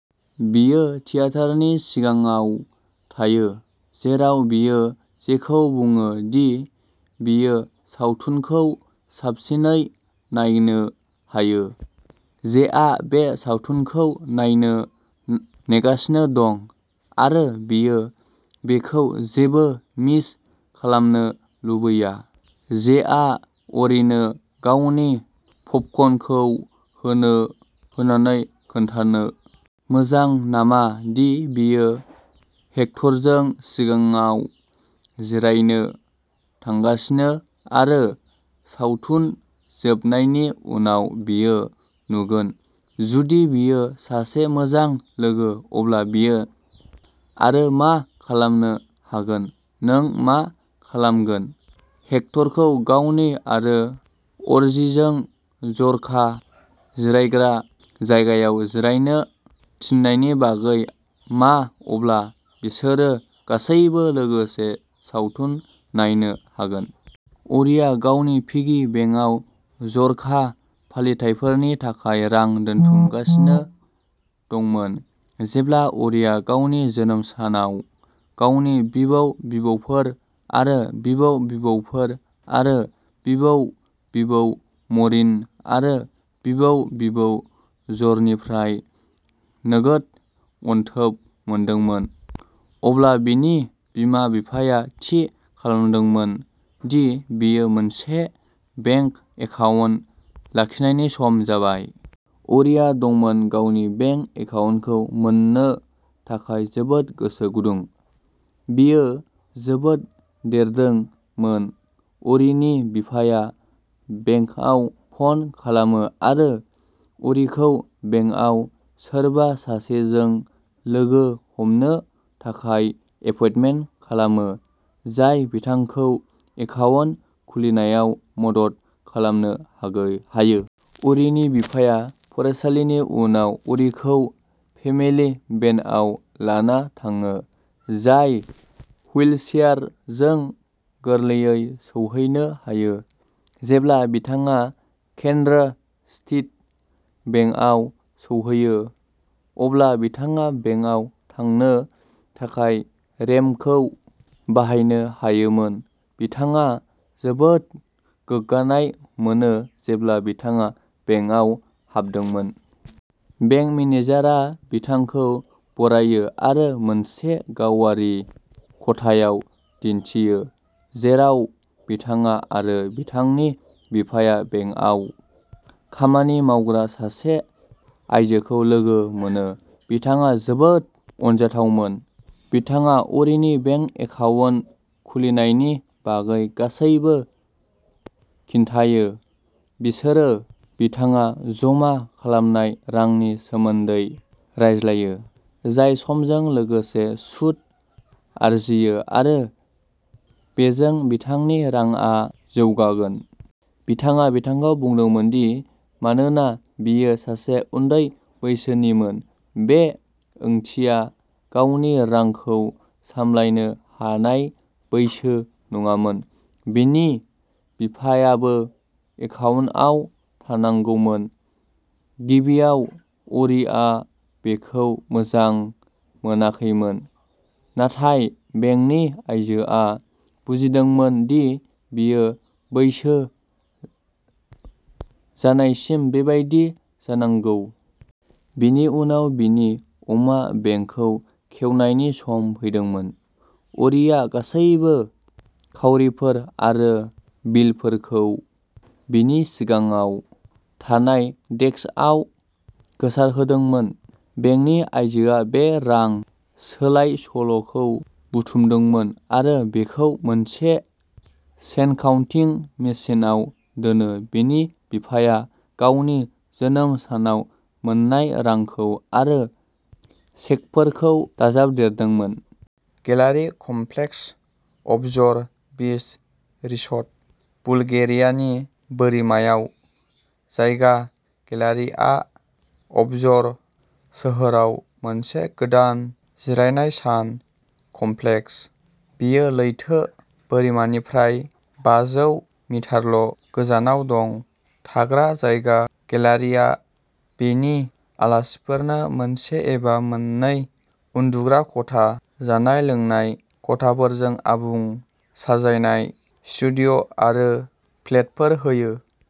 बियो थियेटारनि सिगाङाव थायो, जेराव बियो जेखौ बुङो दि बियो सावथुनखौ साबसिनै नायनो हायो। जेआ बे सावथुनखौ नायनो नेगासिनो दं आरो बियो बेखौ जेबो मिस खालामनो लुबैया। जेआ अर्रीनो गावनि पपकर्नखौ होनो होनानै खोन्थानो मोजां नामा दि बियो हेक्टरजों सिगाङाव जिरायनो थांगासिनो आरो सावथुन जोबनायनि उनाव बिखौ नुगोन जुदि बियो सासे मोजां लोगो, अब्ला बियो आरो मा खालामनो हागोन नों मा खालामगोन हेक्टरखौ गावनि आरो अर्रीजों जर'खा जिरायग्रा जायगायाव जिरायनो थिननायनि बागै मा अब्ला बिसोरो गासैबो लोगोसे सावथुन नायनो हागोन। अर्रीया गावनि पिगी बेंकआव जर'खा फालिथायफोरनि थाखाय रां दोनथुमगासिनो दंमोन। जेब्ला अर्रीया गावनि जोनोम सानाव गावनि बिबौ-बिबौफोर आरो बिबौ-बिबौफोर आरो बिबौ-बिबौ म'रिन आरो बिबौ-बिबौ जननिफ्राय नोगोद अनथोब मोनदोंमोन, अब्ला बिनि बिमा-बिफाया थि खालामदोंमोन दि बियो मोनसे बेंक एकाउन्ट लाखिनायनि सम जाबाय। अर्रीआ दंमोन गावनि बेंक एकाउन्टखौ मोन्नो थाखाय जोबोद गोसो गुदुं। बियो जोबोद देरदों मोन। अ'रीनि बिफाया बेंकाव फन खालामो आरो अ'रीखौ बेंकआव सोरबा सासेजों लोगो हमनो थाखाय एपइन्टमेन्ट खालामो, जाय बिथांखौ एकाउन्ट खुलिनायाव मदद खालामनो हागौ हायो। अ'रीनि बिफाया फरायसालिनि उनाव अ'रीखौ फेमिली भेनआव लाना थाङो, जाय हुइलचेयारजों गोरलैयै सौहैनो हायो। जेब्ला बिथाङा केन डु स्ट्रीट बेंकआव सौहैयो, अब्ला बिथाङा बेंकआव थांनो थाखाय रेम्पखौ बाहायनो हायोमोन। बिथाङा जोबोद गोग्गानाय मोनो जेब्ला बिथाङा बेंकआव हाबदोंमोन। बेंक मेनेजारआ बिथांखौ बरायो आरो मोनसे गावारि खथायाव दिन्थियो, जेराव बिथाङा आरो बिथांनि बिफाया बेंकआव खामानि मावग्रा सासे आइजोखौ लोगो मोनो। बिथाङा जोबोद अनजाथावमोन। बिथाङा अ'रीनि बेंक एकाउन्ट खुलिनायनि बागै गासैबो खिन्थायो। बिसोरो बिथाङा जमा खालामनाय रांनि सोमोन्दै रायज्लायो, जाय समजों लोगोसे सुद आरजियो आरो बेजों बिथांनि रांआ जौगागोन। बिथाङा बिथांखौ बुंदोंमोन दि मानोना बियो सासे उन्दै बैसोनिमोन, बे ओंथिया गावनि रांखौ सामलायनो हानाय बैसो नङामोन बिनि बिफायाबो एकाउन्टआव थानांगौमोन। गिबियाव अ'रिआ बेखौ मोजां मोनाखैमोन, नाथाय बेंकनि आइजोआ बुजिमोदोंमोन दि बियो बैसो जानायसिम बेबायदि जानांगौ। बेनि उनाव बिनि अमा बेंकखौ खेवनायनि सम फैदोंमोन। अ'रिआ गासैबो खाउरिफोर आरो बिलफोरखौ बिनि सिगाङाव थानाय डेस्कआव गोसारहोदोंमोन। बेंकनि आइजोआ बे रां सोलायसोल'खौ बुथुमदोंमोन आरो बेखौ मोनसे चेन्ज काउन्टिं मेसिनआव दोनो। बिनि बिफाया गावनि जोनोम सानाव मोन्नाय रांखौ आरो चेकफोरखौ दाजाबदेरदोंमोन। गेलारि कमप्लेक्स, अबजर बीच रिसर्ट, बुलगेरियानि बोरिमायाव। जायगा गेलारिआ अबजर सोहोराव मोनसे गोदान जिरायनाय सान कमप्लेक्स। बेयो लैथो बोरिमानिफ्राय बाजौ मिटारल' गोजानाव दं। थाग्रा जायगा गेलारिआ बिनि आलासिफोरनो मोनसे एबा मोननै उन्दुग्रा खथा, जानाय-लोंनाय खथाफोरजों आबुं साजायनाय स्टुडिय'आरो फ्लेटफोर होयो।